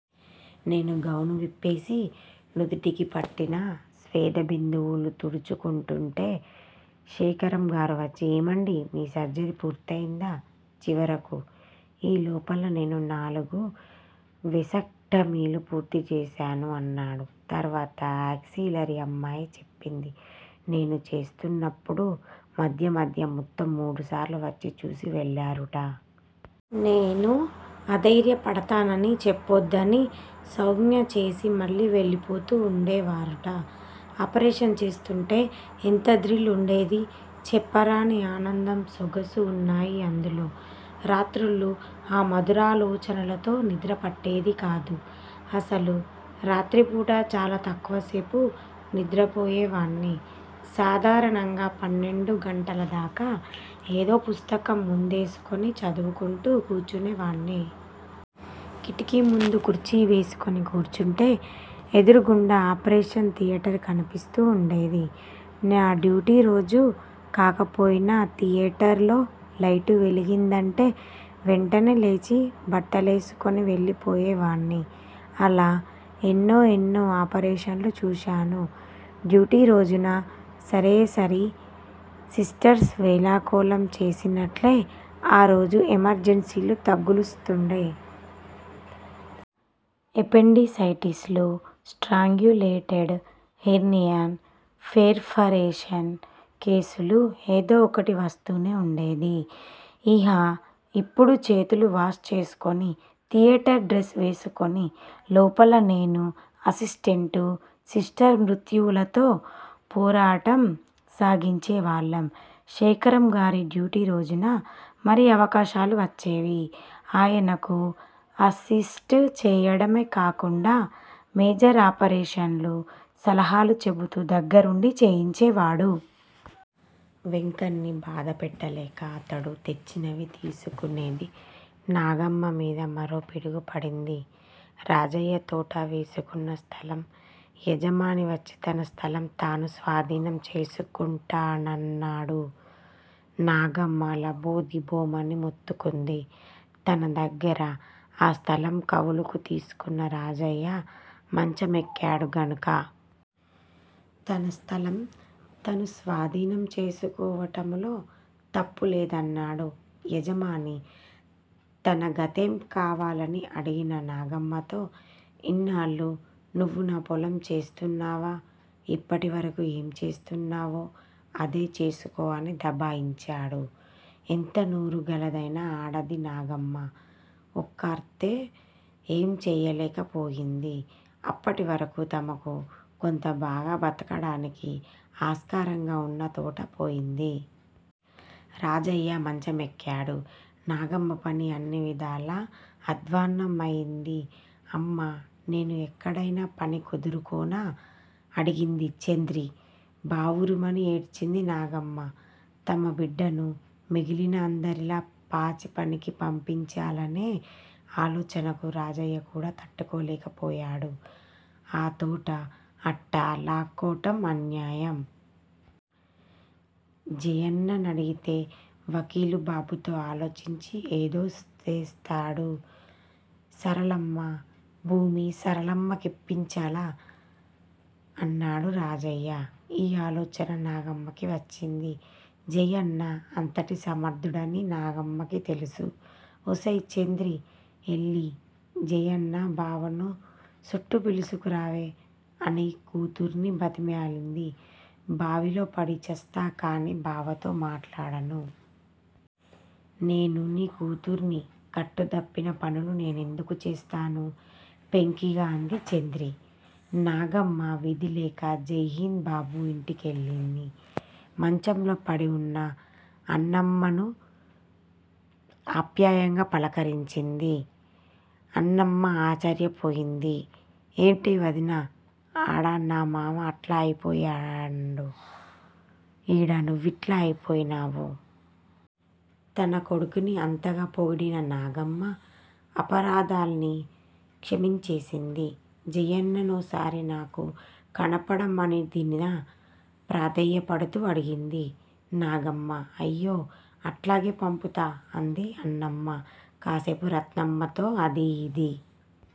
నేను గౌను విప్పేసి, నుదిటికి పట్టిన స్వేద బిందువులు తుడుచుకుంటూంటే శేఖరం గారు వచ్చి ఏమండీ! మీ సర్జరీ పూర్తయిందా చివరకు? ఈ లోపల నేను నాలుగు వేసక్టమీలు పూర్తిచేశాను అన్నాడు. తర్వాత ఆక్సీలరీ అమ్మాయి చెప్పింది. నేను చేస్తున్నప్పుడు మధ్య మధ్య మొత్తం మూడుసార్లు వచ్చి చూసి వెళ్ళారుట. నేను అధైర్య పడతానని, చెప్పొద్దని సౌంజ్ఞ చేసి మళ్ళీ వెళ్ళిపోతూ వుండేవారుట. ఆపరేషన్ చేస్తుంటే ఎంత థ్రిల్ వుండేది! చెప్పరాని ఆనందం, సొగసు వున్నాయి అందులో. రాత్రుళ్ళు ఆ మధురాలోచనలతో నిద్ర పట్టేదికాదు. అసలు రాత్రిపూట చాలా తక్కువ సేపు నిద్రపోయేవాణ్ని. సాధారణంగా పన్నెండు గంటల దాకా ఏదో పుస్తకం ముందేసుకుని చదువుకుంటూ కూర్చునేవాణ్ని. కిటికీ ముందు కుర్చీ వేసుకుని కూర్చుంటే ఎదురుగుండా ఆపరేషన్ థియేటర్ కనిపిస్తూ వుండేది. నా డ్యూటీ రోజు కాకపోయినా, థియేటర్ లో లైటు వెలిగిందంటే వెంటనే లేచి బట్టలేసుకుని వెళ్ళి పోయేవాణ్ని. అలా ఎన్నో ఎన్నో ఆపరేషన్ లు చూశాను. డ్యూటీ రోజున సరేసరి. సిస్టర్స్ వేళాకోళం చేసినట్లే ఆ రోజు ఎమర్జన్సీలు తగుల్తూండేవి. ఎపెండిసైటిస్ లు, స్ట్రాంగ్యులేటెడ్ హెర్నియాన్, పెర్ ఫరేషన్ కేసులు ఏదో ఒకటి వస్తూనే వుండేది. ఇహ ఇప్పుడు చేతులు వాష్ చేసుకుని, థియేటర్ డ్రెస్ వేసుకుని, లోపల నేనూ, అసిస్టెంటూ, సిస్టర్, మృత్యువుతో పోరాటం సాగించే వాళ్ళం. శేఖరం గారి డ్యూటీ రోజున మరీ అవకాశాలు వచ్చేవి. ఆయనకు అసిస్ట్ చేయడమే గాకుండా మేజర్ ఆపరేషన్లు, సలహాలు చెబుతూ దగ్గరుండి చేయించేవాడు. వెంకణ్ని బాధ పెట్టలేక అతడు తెచ్చినవి తీసుకునేది. నాగమ్మ మీద మరో పిడుగు పడింది. రాజయ్య తోట వేసుకున్న స్థలం యజమాని వచ్చి తన స్థలం తను స్వాధీనం చేసుకుంటానన్నాడు. నాగమ్మ లబోదిబోమని మొత్తుకుంది! తన దగ్గర ఆ స్థలం కవులుకు తీసుకున్న రాజయ్య మంచమెక్కాడు గనుక. తన స్థలం తను స్వాధీనం చేసుకోవటములో తప్పు లేదన్నాడు యజమాని తన గతేం కావాలని అడిగిన నాగమ్మతో ఇన్నాళ్ళు నువ్వు నా పొలం చేస్తున్నావా? ఇప్పటివరకూ ఏం చేస్తున్నావో అదే చేసుకో అని దబాయించాడు. ఎంత నోరుగలదైనా ఆడది! నాగమ్మ ఒక్కర్తే ఏం చెయ్యలేకపోయింది. అప్పటివరకూ తమకు కొంత బాగా బతకటానికి ఆస్కారంగా ఉన్న తోట పోయింది. రాజయ్య మంచమెక్కాడు, నాగమ్మపని అన్ని విధాలా అధ్వాన్నమయింది! అమ్మా! నేను ఎక్కడయినా పని కుదురుకోనా? అడిగింది చంద్రి. బావురుమని ఏడ్చింది నాగమ్మ. తమ బిడ్డని మిగిలిన అందరిలా పాచి పనికి పంపించాలనే ఆలోచనకు రాజయ్య కూడా తట్టుకోలేక పోయాడు. ఆ తోట అట్టా లాక్కోటం అన్యాయం. జయన్ననడిగితే వకీలు బాబుతో ఆలోచించి ఏదో సేస్తాడు. సరళమ్మ భూమి సరళమ్మకిప్పించలా? అన్నాడు రాజయ్య. ఈ ఆలోచన నాగమ్మకి వచ్చింది. జయన్న అంతటి సమర్ధుడని నాగమ్మకీ తెలుసు. ఒసేయ్! చంద్రీ! యెల్లి జయన్న బావనో సుట్టు పిలుసుకు రావే! అని కూతుర్ని బ్రతిమాలింది. బావిలో పడి చస్తా కాని బావతో మాట్లాడను. నేను నీ కూతుర్ని. కట్టుదప్పిన పనులు నేనెందుకు చేస్తాను? పెంకిగా అంది చంద్రి. నాగమ్మ విధి లేక జైహింద్ బాబు ఇంటికెళ్ళింది. మంచంలో పడివున్న అన్నమ్మను ఆప్యాయంగా పలకరించింది. అన్నమ్మ ఆశ్చర్యపోయింది. ఏంటే వదినా, ఆడ నా మావ అట్లా అయిపోయినాడు. ఈడ నువ్విట్లా అయిపోయినావు. తన కొడుకుని అంతగా పొగిడిన నాగమ్మ అపరాధాలన్నీ క్షమించేసింది. జయన్ననోసారి నాకు కనపడమనొదినా! ప్రాధేయపడుతూ అడిగింది నాగమ్మ. అయ్యో! అట్లాగే పంపుతా! అంది అన్నమ్మ. కాసేపు రత్నమ్మతో అదీ ఇదీ